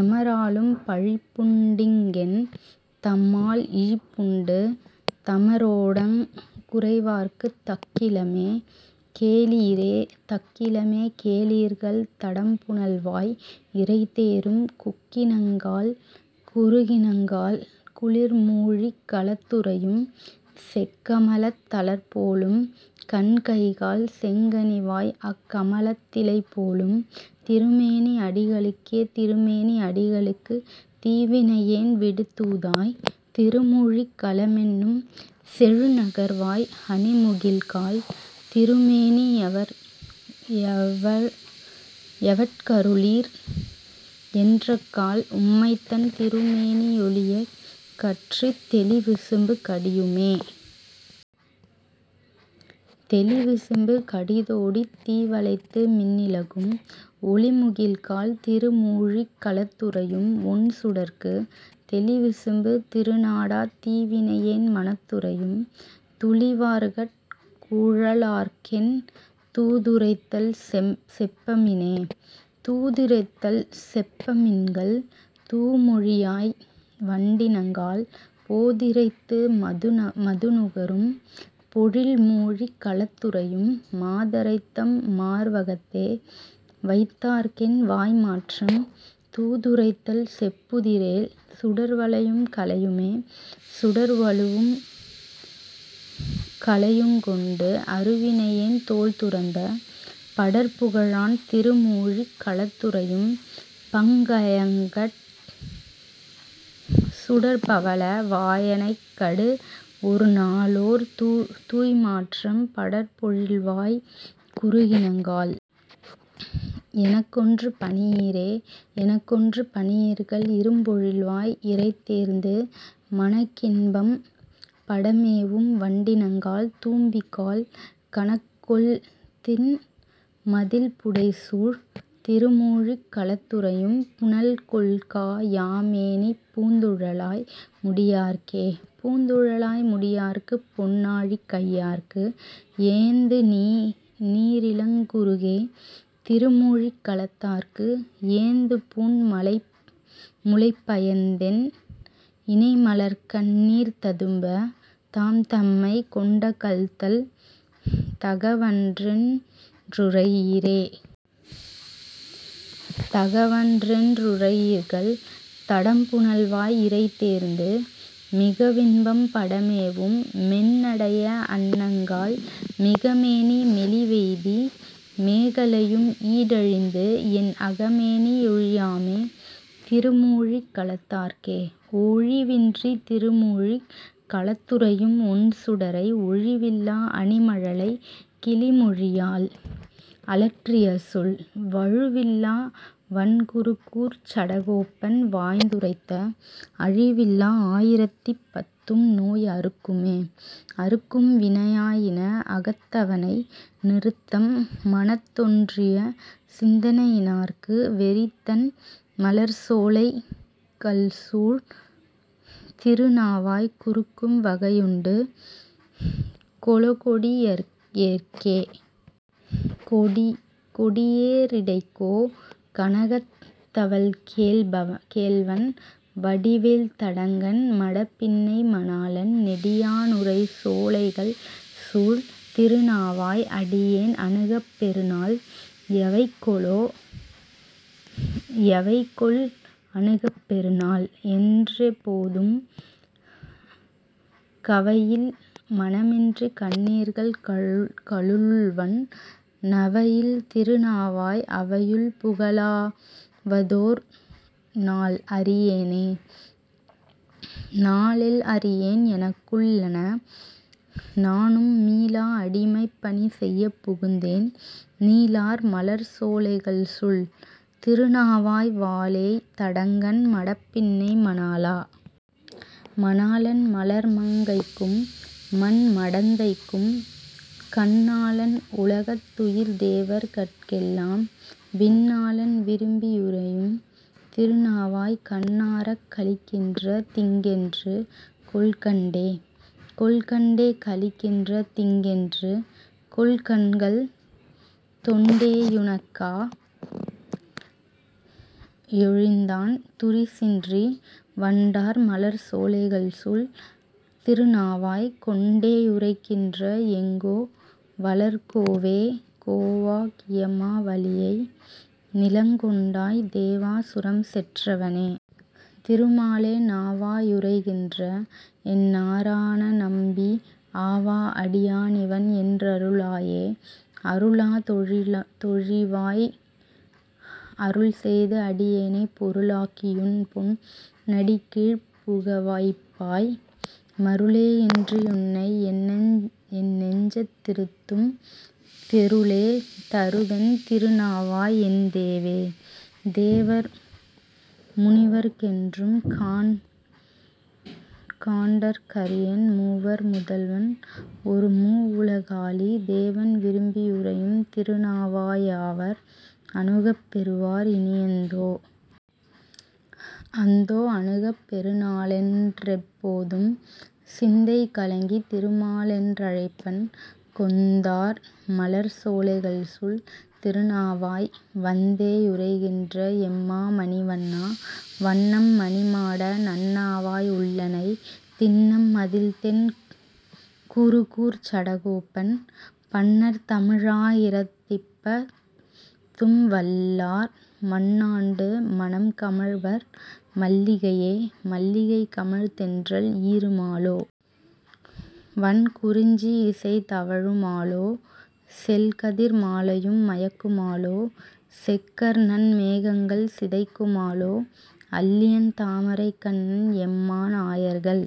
எமராலும் பழிப்புண்டிங் கென்? தம்மால் இழிப்புண்டு, தமரோடங் குறைவார்க்குத் தக்கிலமே. கேளீரே.. தக்கிலமே கேளீர்கள் தடம்புனல்வாய் இரைதேரும், கொக்கினங்காள். குருகினங்காள். குளிர்மூழிக் களத்துறையும், செக்கமலத் தலர்போலும் கண்கைகால் செங்கனிவாய், அக்கமலத் திலைபோலும் திருமேனி யடிகளுக்கே.. திருமேனி யடிகளுக்கு தீவினையேன் விடுதூதாய் திருமூழிக் களமென்னும் செழுநகர்வாய் அணிமுகில்காள், திருமேனி யவட்கருளீர் என்றக்கால், உம்மைத்தன் திருமேனி யொளியகற்றித் தெளிவிசும்பு கடியுமே?. தெளிவிசும்பு கடிதோடித் தீவளைத்து மின்னிலகும், ஒளிமுகில்காள். திருமூழிக் களத்துறையும் ஒண்சுடர்க்கு, தெளிவிசும்பு திருநாடாத் தீவினையேன் மனத்துறையும், துளிவார்கட் குழலார்க்கென் தூதுரைத்தல் செப்பமினே.. தூதுரைத்தல் செப்புமின்கள் தூமொழியாய் வண்டினங்காள், போதிரைத்து மதுநுகரும் பொழில்மூழிக் களத்துறையும், மாதரைத்தம் மார்வகத்தே வைத்தார்க்கென் வாய்மாற்றம், தூதுரைத்தல் செப்புதிரேல் சுடர்வளையும் கலையுமே.. சுடர்வளுயும் கலையுங்கொண்டு அருவினையேன் தோள்துறந்த, படர்புகழான் திருமூழிக் களத்துறையும் பங்கயக்கட், சுடர்பவள வாயனைக்கடு ஒருநாளோர் தூய்மாற்றம், படர்பொழில்வாய்க் குருகினங்காள். எனக்கொன்று பணியீரே.. எனக்கொன்று பணியீர்கள் இரும்பொழில்வாய் இரைதேர்ந்து, மனக்கின்பம் படமேவும் வண்டினங்காள். தும்பிகாள், கனக்கொள்திண் மதிள்புடைசூழ் திருமூழிக் களத்துறையும், புனல்கொள்கா யாமேனிப் பூந்துழாய் முடியார்க்கே.. பூந்துழாய் முடியார்க்குப் பொன்னாழி கையார்க்கு, ஏந்துநீ ரிளங்குருகே. திருமூழிக் களத்தார்க்கு, ஏந்துபூண் முலைப்பயந்தென் இணைமலர்க்கண் ணீர்ததும்ப, தாம்தம்மைக் கொண்டகல்தல் தகவன்றென் றுரையீரே.. தகவன்றென் றுரையீர்கள் தடம்புனல்வாய் இரைதேர்ந்து, மிகவின்பம் படமேவும் மென்னடைய அன்னங்காள், மிகமேனி மெலிவெய்தி மேகலையும் ஈடழிந்து, என் அகமேனி யொழியாமே திருமூழிக் களத்தார்க்கே. ஒழிவின்றித் திருமூழிக் களத்துறையும் ஒண்சுடரை, ஒழிவில்லா அணிமழலைக் கிளிமொழியாள் அலற்றியசொல், வழுவில்லா வண்குருகூர்ச் சடகோபன் வாய்ந்துரைத்த, அழிவில்லா ஆயிரத்திப் பத்தும்நோய் அறுக்குமே. அறுக்கும் வினையா யின ஆகத்தவனை, நிறுத்தம் மனத்தொன் றியசிந் தையினார்க்கு, வெறித்தண் மலர்சோ லைகள்சுழ் திருநாவாய், குறுக்கும் வகையுண்டு கொலொகொடி யேற்கே?. கொடியே ரிடைக்கோ கனகத் தவள்கேள்வன், வடிவேல் தடங்கண் மடப்பின்னை மணாளன், நெடியா னுறைசோ லைகள்சூழ் திருநாவாய், அடியேன் அணுகப் பெறு நாள் எவைகொலொ.. எவைகொல் அணுகப் பெறுநாள்? என் றெப்போதும், கவையில் மனமின்றிக் கண்ணீர்கள் கலுழ்வன், நவையில் திருநாவாய், அவையுள் புகலாவ தோர்நாள் அறியேனே.. நாளெல் அறியேன் எனக்குள் ளன, நானும் மீளா அடிமைப் பணிசெய்யப் புகுந்தேன், நீளார் மலர்சோ லைகள்சுழ் திருநாவாய், வாளேய் தடங்கண் மடப்பின்னை மணாளா.. மணாளன் மலர்மங் கைக்கும்மண் மடந்தைக்கும், கண்ணாளன் உலகத் துயிர்தேவர் கட்கெல்லாம், விண்ணாளன் விரும்பி யுறையும் திருநாவாய், கண்ணாரக் களிக்கின்ற திங்கென்று கொல்கண்டே?. கண்டே களிக்கின்ற திங்கென்று கொல்கண்கள், தொண்டே யுனக்கா யொழிந்தான் துரிசின்றி, வண்டார் மலர்சோ லைகள்சுழ் திருநாவாய், கொண்டே யுறைகின்ற எங்கோ வலர்கோவே.. கோவா கியமா வலியை நிலங்கொண்டாய், தேவா சுரம்செற் றவனே. திருமாலே, நாவா யுறைகின்ற என்நா ரணநம்பீ, ஆவா அடியா னிவன் என் றருளாயே.. அருளா தொழிவாய் அருள்செய்து, அடியேனைப் பொருளாக்கி யுன்பொன் னடிக்கீழ்ப் புகவைப்பாய், மருளே யின்றியுன்னை என்னெஞ்சத் திருத்தும், தெருளே தருதென் திருநாவாய் என்தேவே.. தேவர் முனிவர்க் கென்றும்காண் டற்கரியன், மூவர் முதல்வன் ஒருமூ வுலகாளி, தேவன் விரும்பி யுறையும் திருநாவாய், யாவர் அணுகப் பெறுவார் இனியந்தோ.. அந்தோ. அணுகப் பெறுநாளென் றெப்போதும், சிந்தை கலங்கித் திருமாலென் றழைப்பன், கொந்தார் மலர்சோ லைகள்சுழ் திருநாவாய், வந்தே யுறைகின்ற எம்மா மணிவண்ணா. வண்ணம் மணிமாட நன்னாவாய் உள்ளனை, திண்ணம் மதிள்தென் குருகூர்ச் சடகோபன், பண்ணர் தமிழா யிரத்திப்பத் தும்வல்லார், மண்ணாண்டு மணம்கமழ் வர்மல்லிகையே. மல்லிகை கமழ்தென்றல் ஈரு மாலோ. வண்குறிஞ் சியிசை தவழு மாலோ, செல்கதிர் மாலையும் மயக்கு மாலோ. செக்கர்நன் மேகங்கள் சிதைக்கு மாலோ, அல்லியந் தாமரைக் கண்ணன் எம்மான் ஆயர்கள்